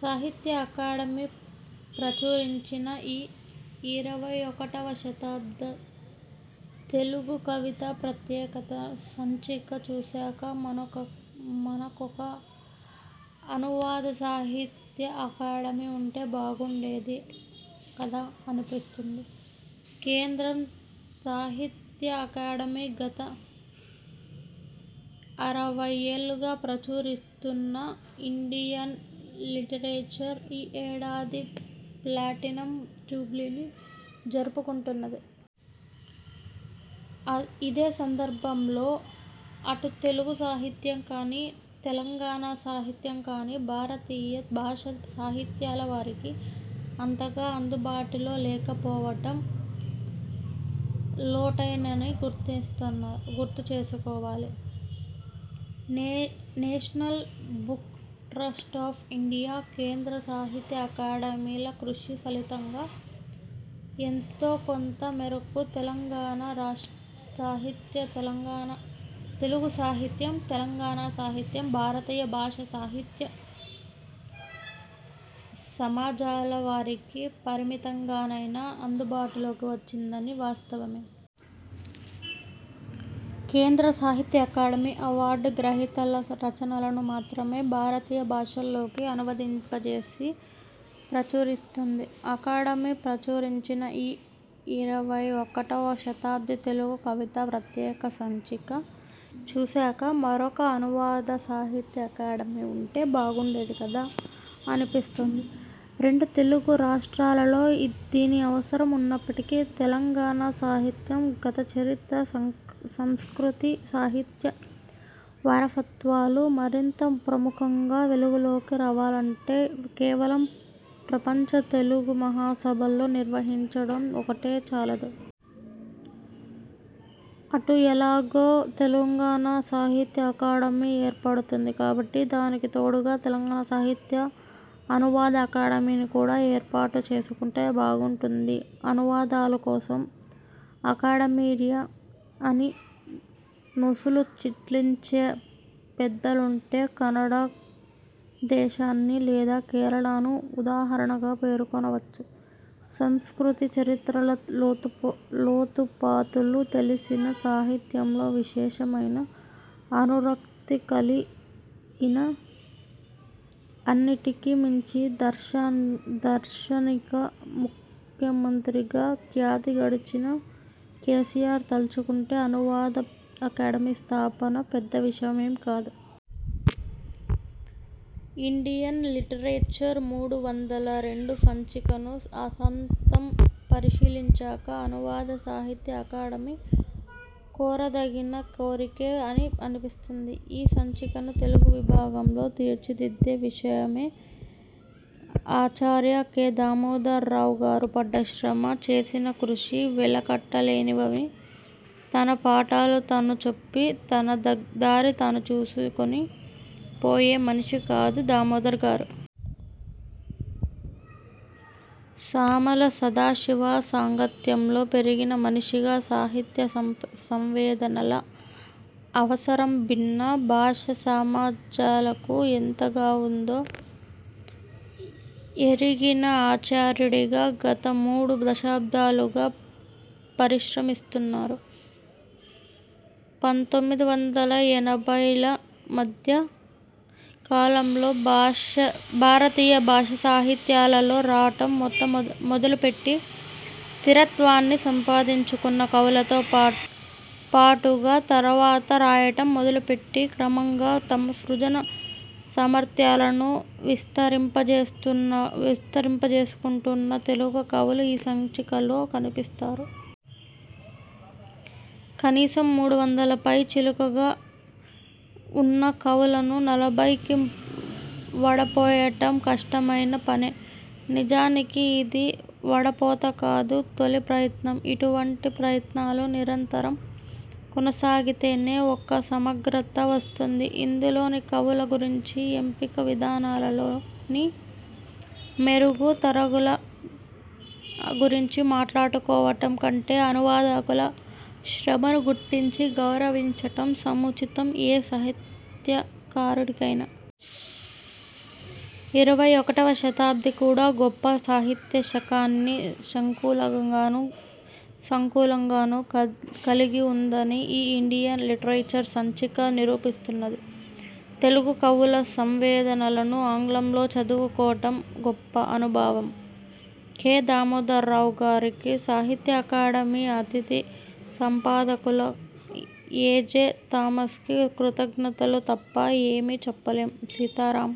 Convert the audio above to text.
సాహిత్య అకాడమీ ప్రచురించిన ఈ ఇరవై ఒకటవ శతాబ్ద తెలుగు కవిత ప్రత్యేకత సంచిక చూశాక మనకొ మనకొక 'అనువాద సాహిత్య అకాడమీ' ఉంటే, బాగుండేది కదా! అనిపిస్తుంది. కేంద్రం సాహిత్య అకాడమీ గత అరవైఏళ్ళుగా ప్రచురిస్తున్న 'ఇండియన్ లిటరేచర్' ఈ ఏడాది ప్లాటినం జూబ్లీని జరుపుకుంటున్నది. ఇదే సందర్భంలో అటు తెలుగు సాహిత్యం కానీ, తెలంగాణ సాహిత్యం కానీ భారతీయ భాషా సాహిత్యాల వారికి అంతగా అందుబాటులో లేకపోవటం లోటేనని గుర్తుచేసుకోవాలి. National Book Trust of India, కేంద్ర సాహిత్య అకాడమీల కృషి ఫలితంగా ఎంతోకొంత మేరకు తెలుగు సాహిత్యం, తెలంగాణ సాహిత్యం భారతీయ భాషా సాహిత్య సమాజాల వారికి పరిమితంగానైనా అందుబాటులోకి వచ్చినదని వాస్తవమే. కేంద్ర సాహిత్య అకాడమీ అవార్డు గ్రహీతల రచనలను మాత్రమే భారతీయ భాషలలోకి అనువదింపచేసి ప్రచురిస్తుంది. అకాడమీ ప్రచురించిన ఈ ఇరవై ఒకటవ శతాబ్ది తెలుగు కవిత ప్రత్యేక సంచిక చూశాక మరోక 'అనువాద సాహిత్య అకాడమీ' ఉంటే, బాగుండేది కదా! అనిపిస్తుంది. రెండు తెలుగు రాష్ట్రాలలో దీని అవసరం ఉన్నప్పటికీ తెలంగాణ సాహిత్యం, గతచరిత్ర, సంస్కృతి సాహిత్య వారసత్వాలు మరింత ప్రముఖంగా వెలుగులోకి రావాలంటే కేవలం ప్రపంచ తెలుగు మహాసభలో నిర్వహించడం ఒక్కటే చాలదు. అటు ఎలాగూ తెలంగాణ సాహిత్య అకాడమీ ఏర్పడుతుంది కాబట్టి దానికి తోడుగా తెలంగాణ సాహిత్య అనువాద అకాడమీని కూడా ఏర్పాటు చేసుకుంటే బాగుంటుంది. అనువాదాల కోసం అకాడమీయా అని నొసలు చిట్లించే పెద్దలుంటే కన్నడ దేశాన్ని, లేదా కేరళను ఉదాహరణగా పేర్కొనవచ్చు. సంస్కృతి చరిత్రల లోతుపాతులు తెలిసిన, సాహిత్యంలో విశేషమైన అనురక్తికలి గిన, అన్నిటికీ మించి దార్శనిక ముఖ్యమంత్రిగా ఖ్యాతిగడించిన కేసీఆర్ తలచుకుంటే అనువాద అకాడమీ స్థాపన పెద్ద విషయమేం కాదు. ఇండియన్ లిటరేచర్ మూడు వందల రెండు సంచికను ఆసాంతం పరిశీలించాక అనువాద సాహిత్య అకాడమీ కోరదగిన కోరికే అని అనిపిస్తుంది. ఈ సంచికను తెలుగు విభాగంలో తీర్చిదిద్దే విషయమే ఆచార్య కె. దామోదరరావు పడ్డ శ్రమ, చేసిన కృషి వెలకట్టలేనివని. తన పాఠాలు తాను చెప్పి తన దారి తాను చూసికుని పోయే మనిషి కాదు దామోదర్ గారు. సామల సదాశివ సాంగత్యంలో పెరిగిన మనిషిగా సాహిత్య సంవేదనల అవసరం భిన్న భాషా సమాజాలకు ఎంతగావుందో ఎరిగిన ఆచార్యుడిగా గత మూడు దశాబ్దాలుగా పరిశ్రమిస్తున్నారు. పంతొమ్మిది వందల ఎనభైల మధ్య కాలంలో భారతీయ భాషా సాహిత్యాలలో రాయటం మొదలుపెట్టి స్థిరత్వాన్ని సంపాదించుకున్న కవులతో పాటుగా, తర్వాత రాయటం మొదలుపెట్టి క్రమంగా తమ సృజన సామర్థ్యాలను విస్తరింపజేస్తున్న విస్తరింపజేసుకుంటున్న తెలుగు కవులు ఈ సంచికలో కనిపిస్తారు. కనీసం మూడు వందల పైచిలుకుగా ఉన్న కవులను నలభైకి వడపోయటం కష్టమైన పనే. నిజానికి ఇది వడపోత కాదు. తొలి ప్రయత్నం. ఇటువంటి ప్రయత్నాలు నిరంతరం కొనసాగితేనే ఒక సమగ్రత వస్తుంది. ఇందులోని కవుల గురించి, ఎంపిక విధానాలలోని మెరుగు తరుగుల గురించి మాట్లాడుకోవటం కంటే అనువాదకుల శ్రమను గుర్తించి గౌరవించడం సముచితం ఏ సాహిత్య కారుడికైనా. ఇరవై ఒకటివ శతాబ్ది కూడా గొప్ప సాహిత్య శకాన్ని శంకులంగాను, సంకులంగాను కలిగి ఉన్నదని ఈ ఇండియన్ లిటరేచర్ సంచిక నిరూపిస్తున్నది. తెలుగు కవుల సంవేదనలను ఆంగ్లంలో చదువుకోవటం గొప్ప అనుభవం. కె. దామోదర్రావు గారికి, సాహిత్య అకాడమీకి, అతిథి సంపాదకులు ఎ. జె. థామ్సకి కృతజ్ఞతలు తప్ప ఏమీ చెప్పలేం. సీతారాం